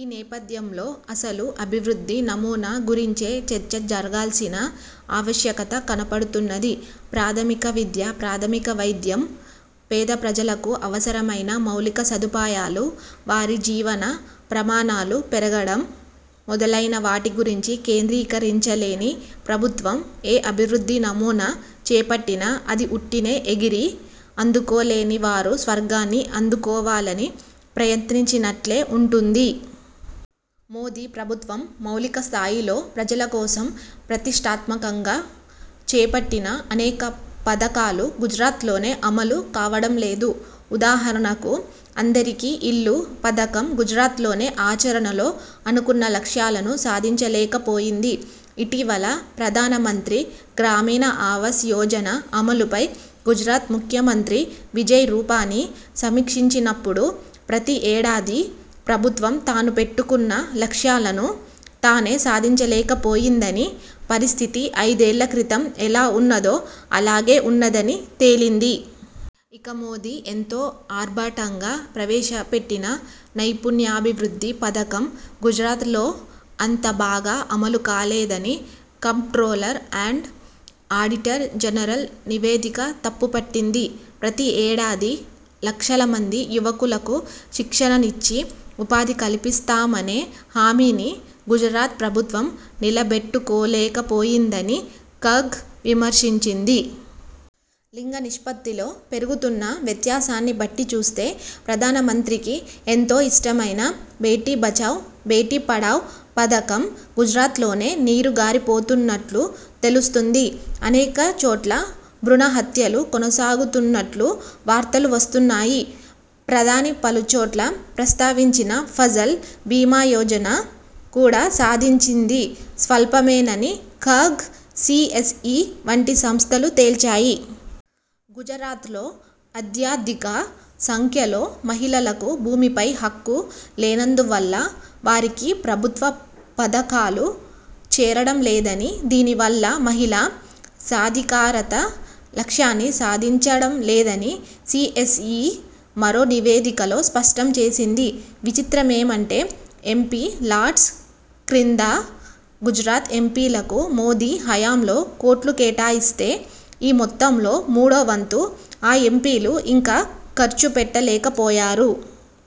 ఈ నేపథ్యంలో అసలు అభివృద్ధి నమూనా గురించే చర్చ జరగాల్సిన ఆవశ్యకత కనపడుతున్నది. ప్రాథమిక విద్య, ప్రాథమిక వైద్యం, పేద ప్రజలకు అవసరమైన మౌలిక సదుపాయాలు, వారి జీవన ప్రమాణాలు పెరగడం మొదలైన వాటి గురించి కేంద్రీకరించలేని ప్రభుత్వం ఏ అభివృద్ధి నమూనా చేపట్టినా అది ఉట్టిని ఎగిరి అందుకోలేని వారు స్వర్గాన్ని అందుకోవాలని ప్రయత్నించినట్లే ఉంటుంది. మోదీ ప్రభుత్వం మౌలిక స్థాయిలో ప్రజలకోసం ప్రతిష్టాత్మకంగా చేపట్టిన అనేక పథకాలు గుజరాత్లోనే అమలు కావడం లేదు. ఉదాహరణకు 'అందరికీ ఇళ్లు' పథకం గుజరాత్లోనే ఆచరణలో అనుకున్న లక్ష్యాలను సాధించలేకపోయింది. ఇటీవల ప్రధానమంత్రి గ్రామీణ ఆవాస్ యోజన అమలుపై గుజరాత్ ముఖ్యమంత్రి విజయ్ రూపానీ సమీక్షించినప్పుడు ప్రతి ఏడాదీ ప్రభుత్వం తాను పెట్టుకున్న లక్ష్యాలను తానే సాధించలేకపోయిందని, పరిస్థితి అయిదేళ్ల క్రితం ఎలా ఉన్నదో అలాగే ఉన్నదని తేలింది. ఇక మోదీ ఎంతో ఆర్భాటంగా ప్రవేశపెట్టిన నైపుణ్యాభివృద్ధి పథకం గుజరాత్లో అంత బాగా అమలు కాలేదని కంప్ట్రోలర్ అండ్ ఆడిటర్ జనరల్ నివేదిక తప్పు పట్టింది. ప్రతి ఏడాదీ లక్షల మంది యువకులకు శిక్షణ నిచ్చి ఉపాధి కల్పిస్తామనే హామీని గుజరాత్ ప్రభుత్వం నిలబెట్టుకోలేకపోయిందని కాగ్ విమర్శించింది. లింగ నిష్పత్తిలో పెరుగుతున్న వ్యత్యాసాన్ని బట్టి చూస్తే ప్రధానమంత్రికి ఎంతో ఇష్టమైన 'బేటీ బచావౌ– బేటీ పడావౌ' పథకం గుజరాత్లోనే నీరుగారిపోతున్నట్లు తెలుస్తుంది. అనేక చోట్ల భ్రుణ హత్యలు కొనసాగుతున్నట్లు వార్తలు వస్తున్నాయి. ప్రధాని పలుచోట్ల ప్రస్తావించిన ఫసల్ బీమాయోజన కూడా సాధించింది స్వల్పమేనని కాగ్, సీఎస్ఈ వంటి సంస్థలు తేల్చాయి. గుజరాత్లో అద్యాధిక సంఖ్యలో మహిళలకు భూమిపై హక్కు లేనందువల్ల వారికి ప్రభుత్వ పథకాలు చేరడంలేదని, దీనివల్ల మహిళా సాధికారత లక్ష్యాన్ని సాధించడంలేదని సీఎస్ఈ మరో నివేదికలో స్పష్టం చేసింది. విచిత్రమేమంటే ఎంపీ లాడ్స్ క్రింద గుజరాత్ ఎంపీలకు మోదీ హయాంలో కోట్లు కేటాయిస్తే, ఈ మొత్తంలో మూడోవంతు ఆ ఎంపీలు ఇంకా ఖర్చుపెట్టలేకపోయారు.